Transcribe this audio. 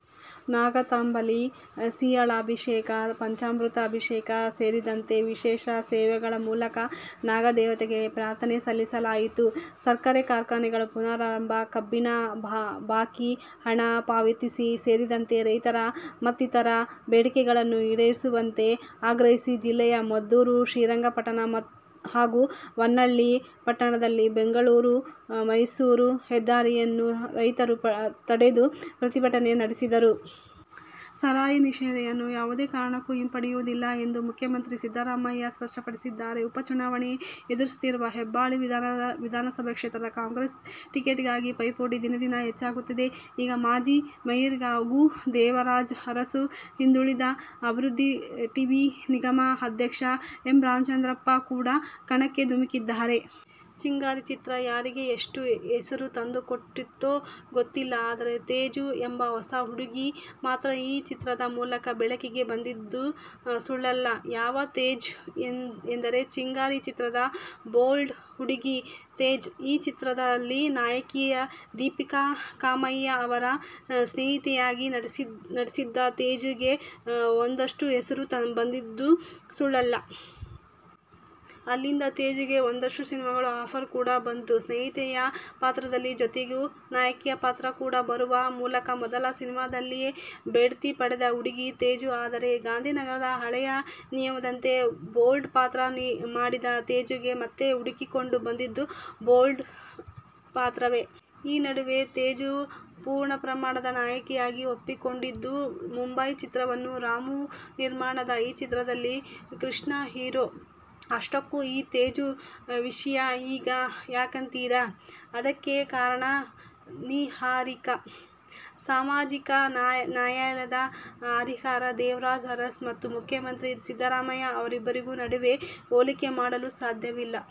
ನಾಗತಂಬಿಲ, ಸೀಯಾಳಾಭಿಷೇಕ, ಪಂಚಾಮೃತ ಅಭಿಷೇಕ ಸೇರಿದಂತೆ ವಿಶೇಷ ಸೇವೆಗಳ ಮೂಲಕ ನಾಗದೇವತೆಗೆ ಪ್ರಾರ್ಥನೆ ಸಲ್ಲಿಸಲಾಯಿತು. ಸಕ್ಕರೆ ಕಾರ್ಖಾನೆಗಳ ಪುನಾರಂಭ, ಕಬ್ಬಿನ ಬಾಕಿ ಹಣ ಪಾವತಿ ಸೇರಿದಂತೆ ರೈತರ ಮತ್ತಿತರರ ಬೇಡಿಕೆಗಳನ್ನು ಈಡೇರಿಸುವಂತೆ ಆಗ್ರಹಿಸಿ ಜಿಲ್ಲೆಯ ಮದ್ದೂರು, ಶ್ರೀರಂಗಪಟ್ಟಣ ಹಾಗೂ ಮಳವಳ್ಳಿ ಪಟ್ಟಣದಲ್ಲಿ ಬೆಂಗಳೂರು- ಮೈಸೂರು ಹೆದ್ದಾರಿಯನ್ನು ರೈತರು ತಡೆದು ಪ್ರತಿಭಟನೆ ನಡೆಸಿದರು. ಸಾರಾಯಿ ನಿಷೇಧವನ್ನು ಯಾವುದೇ ಕಾರಣಕ್ಕೂ ಹಿಂಪಡೆಯುವುದಿಲ್ಲ ಎಂದು ಮುಖ್ಯಮಂತ್ರಿ ಸಿದ್ದರಾಮಯ್ಯ ಸ್ಪಷ್ಟಪಡಿಸಿದ್ದಾರೆ. ಉಪ ಚುನಾವಣೆ ಎದುರಿಸುತ್ತಿರುವ ಹೆಬ್ಟಾಳ ವಿಧಾನಸಭೆ ಕ್ಷೇತ್ರದ ಕಾಂಗ್ರೆಸ್ ಟಿಕೆಟ್ಗಾಗಿ ಪೈಪೋಟಿ ದಿನೇ ದಿನೇ ಹೆಚ್ಚಾಗುತ್ತಿದ್ದು, ಈಗ ಮಾಜಿ ಮೇಯರ್ಹಾಗೂ ದೇವರಾಜ ಅರಸು ಹಿಂದುಳಿದ ಅಭಿವೃದಿಟಛಿ ನಿಗಮದ ಅಧ್ಯಕ್ಷ ಎಂ. ರಾಮಚಂದ್ರಪ್ಪ ಕೂಡ ಕಣಕ್ಕೆ ಧುಮುಕಿದ್ದಾರೆ. "ಚಿಂಗಾರಿ' ಚಿತ್ರ ಯಾರಿಗೆ, ಎಷ್ಟು ಹೆಸರು ತಂದುಕೊಟ್ಟಿತೋ ಗೊತ್ತಿಲ್ಲ, ಆದರೆ, ತೇಜು ಎಂಬ ಹೊಸ ಹುಡುಗಿ ಮಾತ್ರ ಆ ಚಿತ್ರದ ಮೂಲಕ ಬೆಳಕಿಗೆ ಬಂದಿದ್ದು ಸುಳ್ಳಲ್ಲ. ಯಾವ ತೇಜು ಎಂದರೆ "ಚಿಂಗಾರಿ' ಚಿತ್ರದ ಬೋಲ್ಡ್ ಹುಡುಗಿ ತೇಜು. ಆ ಚಿತ್ರದಲ್ಲಿ ನಾಯಕಿ ದೀಪಿಕಾ ಕಾಮಯ್ಯ ಅವರ ಸ್ನೇಹಿತೆಯಾಗಿ ನಟಿಸಿದ್ದ ತೇಜುಗೆ ಒಂದಷ್ಟು ಹೆಸರು ಬಂದಿದ್ದು ಸುಳ್ಳಲ್ಲ. ಅಲ್ಲಿಂದ ತೇಜುಗೆ ಒಂದಷ್ಟು ಸಿನಿಮಾಗಳ ಆಫರ್ ಕೂಡಾ ಬಂತು. ಸ್ನೇಹಿತೆಯ ಪಾತ್ರದ ಜೊತೆಗೆ ನಾಯಕಿಯ ಪಾತ್ರ ಕೂಡಾ ಬರುವ ಮೂಲಕ ಮೊದಲ ಸಿನಿಮಾದಲ್ಲೇ ಭಡ್ತಿ ಪಡೆದ ಹುಡುಗಿ ತೇಜು. ಆದರೆ, ಗಾಂಧಿನಗರದ ಹಳೆಯ ನಿಯಮದಂತೆ ಬೋಲ್ಡ್ ಪಾತ್ರ ಮಾಡಿದ ತೇಜುಗೆ ಮತ್ತೆ ಹುಡುಕಿಕೊಂಡು ಬಂದಿದ್ದು ಬೋಲ್ಡ್ ಪಾತ್ರವೇ. ಈ ನಡುವೆಯೇ ತೇಜು ಪೂರ್ಣಪ್ರಮಾಣದ ನಾಯಕಿಯಾಗಿ ಒಪ್ಪಿಕೊಂಡಿದ್ದು "ಮುಂಬೈ' ಚಿತ್ರವನ್ನು. ರಾಮು ನಿರ್ಮಾಣದ ಈ ಚಿತ್ರದಲ್ಲಿ ಕೃಷ್ಣ ಹೀರೋ. ಅಷ್ಟಕ್ಕೂ ಈ ತೇಜು ವಿಷ್ಯ ಈಗ ಯಾಕಂತೀರಾ? ಅದಕ್ಕೆ ಕಾರಣ, ನಿಹಾರಿಕಾ! ಸಾಮಾಜಿಕ ನ್ಯಾಯದ ಹರಿಕಾರ ದೇವರಾಜ ಅರಸು ಮತ್ತು ಮುಖ್ಯಮಂತ್ರಿ ಸಿದ್ದರಾಮಯ್ಯ ಅವರಿಬ್ಬರ ನಡುವೆ ಹೋಲಿಕೆ ಮಾಡಲು ಸಾಧ್ಯವಿಲ್ಲ.